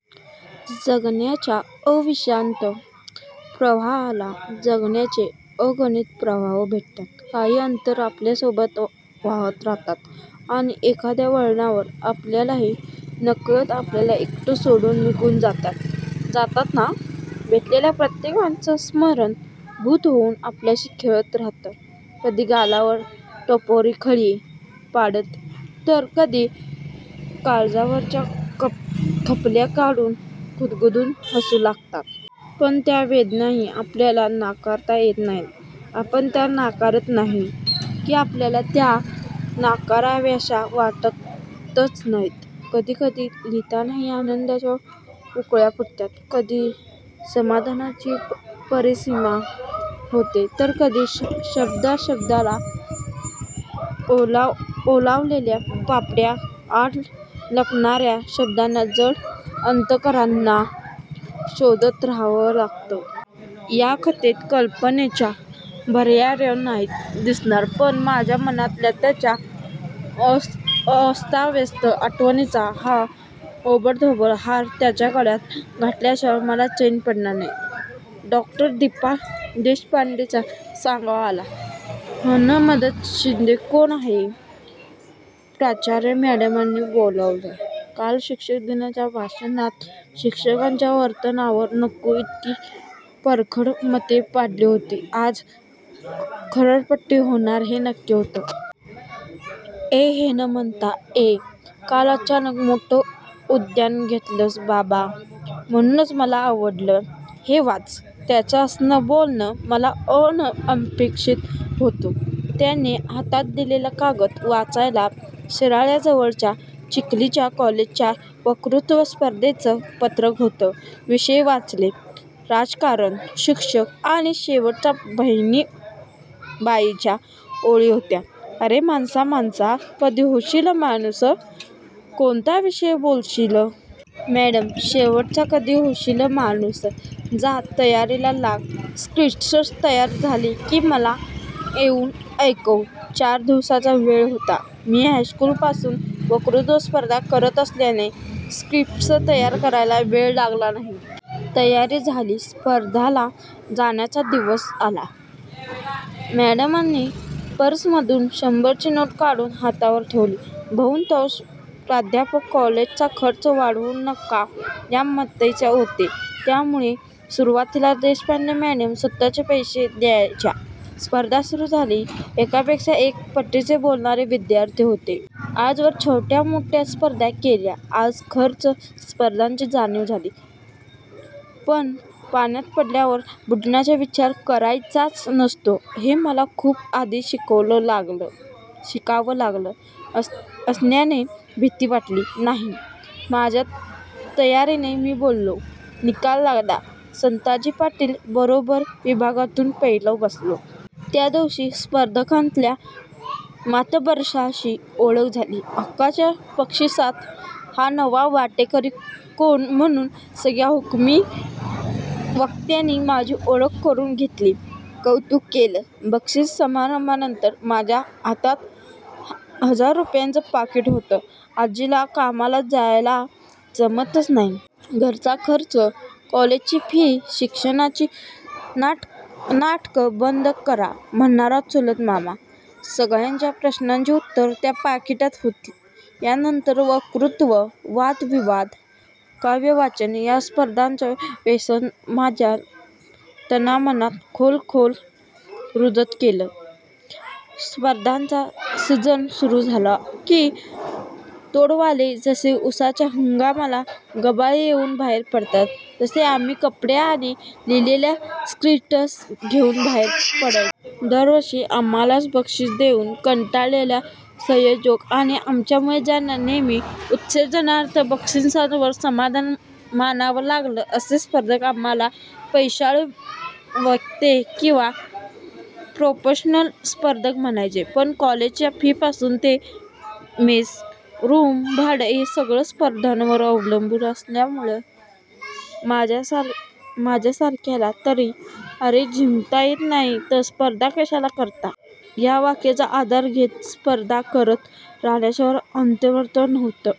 जगण्याच्या अविश्रांत प्रवाहाला जगण्याचे अगणित प्रवाह भेटतात. काही अंतर आपल्यासोबत वाहत राहतात. आणि एखाद्या वळणावर आपल्याही नकळत आपल्याला एकटं सोडून निघून जातात. जातात ना? भेटलेल्या प्रत्येकाचं स्मरण भुत होऊन आपल्याशी खेळत राहतं. कधी गालावर टपोरी खळी पाडतं तर कधी काळजावरच्या खपल्या काढून खदखदून हसू लागतं. पण त्या वेदनाही आपल्याला नाकारता येत नाहीत. आपण त्या नाकारत नाही.की आपल्याला त्या नाकाराव्याश्या वाटतच नाहीत? कधी कधी लिहीताना आनंदाच्या उकळ्या फुटतात. कधी समाधानाची परिसीमा होते.तर कधी शब्दा शब्दाला ओलावलेल्या पापण्या आड लपणार्या शब्दांना जड अंतकरणानं शोधत रहावं लागतं. या कथेत कल्पनेच्या भरार्या नाहीत दिसणार पण माझ्या मनातल्या त्याच्या अस्ताव्यस्त आठवणींचा हा ओबडधोबड हार त्याच्या गळ्यात घातल्याशिवाय मला चैन पडणार नाही.डॉ. दिपा देशपांडेंचा सांगावा आला "हणमंत शिंदे कोण आहे? प्राचार्य म्याडमनी बोलावलय" काल शिक्षक दिनाच्या भाषणात शिक्षकांच्याच वर्तनावर नको इतकी परखड मते मांडली होती आज खरडपट्टी होणार हे नक्की होतं. "ये हणमंता ये, काल अचानक मोठं उड्डाण घेतलसं बाबा? " "म्हणूनच मला आवडलं, हे वाच" त्यांचं असं बोलणं मला अनपेक्षीत होतं. त्यानी हातात दिलेला कागद वाचला शिराळ्याजवळच्या चिखलीच्या कॉलेजच्या वक्तृत्व स्पर्धेचं पत्रक होतं. विषय वाचले, राजकारण, शिक्षण आणि शेवटचा बहिणाबाईंच्या ओळी होत्या, अरे माणसा माणसा कधी होशीलं माणूसं, "कोणता विषय बोलशील? "म्याडम शेवटचा कधी होशील माणूस " "जा तयारीला लाग स्क्रिप्ट तयार झाली की मला येऊन ऐकवं" चार दिवसांचा वेळ होता. मी हायस्कूलपासून वक्तृत्व स्पर्धा करत असल्याने स्क्रिप्ट तयार करायला वेळ लागला नाही. तयारी झाली, स्पर्धेला जाण्याचा दिवस आला. म्याडमनी पर्समधून शंभराची नोट काढून हातावर ठेवली. बहुतांश प्राध्यापक कॉलेजचा खर्च वाढवू नका या मताचे होते. त्यामुळे सुरूवातीला देशपांडे म्याडम स्वतःच पैसे द्यायच्या. स्पर्धा सुरू झाली. एकापेक्षा एक पट्टीचे बोलणारे विध्यार्थी होते. आजवर छोट्या मोठ्या स्पर्धा केलेल्या आज खर्या स्पर्धेची जाणीव झाली. पण, पाण्यात पडल्यावर बुडण्याचा विचार करायचाच नसतो हे मला खूप आधी शिकावं लागलं असल्यानं भिती वाटली नाही. माझ्या तयारीने मी बोललो. निकाल लागला संताजी पाटील बरोबर विभागून पहिला बसलो. त्यादिवशी स्पर्धेतल्या मातब्बरांशी ओळख झाली. हक्काच्या बक्षीसात हा नवा वाटेकरी कोण म्हणून सगळ्या हुकमी वक्त्यांनी माझी ओळख करून घेतली, कौतुक केलं. बक्षीस समारंभानंतर माझ्या हातात हजार रुपयांचं पाकिट होतं. आज्जीला कामाला जायला जमत नाही. घरचा खर्च? कॉलेजची फी? शिक्षणाची नाटकं बंद करा म्हणणारा चुलत मामा? सगळ्या प्रश्नांची ऊत्तरं त्या पाकिटात हो्ती. या नंतर वक्तृत्व, वाद विवाद, काव्यवाचन या स्पर्धांचं व्यसन माझ्या तना मनात खोल खोल रुजत गेलं, स्पर्धांचा सिझन सुरू झाला की तोडवाले जसे उसाच्या हंगामाला गबाळ घेऊन बाहेर पडतात तसे आम्ही कपडे आणि लिहीलेल्या स्क्रिप्ट्स घेऊन बाहेर पडायचो. दर वर्षी आम्हालाच बक्षीसं देऊन कंटाळलेले संयोजक आणि आमच्यामुळे ज्यांना नेहमी उत्तेजनार्थ बक्षीसावर समाधान मानावं लागलं असे स्पर्धक आम्हाला पैशाळू वक्ते किंवा प्रोफेशनल स्पर्धक म्हणायचे. पण कॉलेजच्या फी पासून ते मेस, रूम भाडं हे सगळच स्पर्धांवर अवलंबून असल्यामुळ माझ्यासारख्याला तरी 'अरे जिंकता येत नाही तर स्पर्धा कशाला करता? ' या वाक्याचा आधार घेत स्पर्धा करत राहण्याशिवाय गत्यंतर नव्हतं.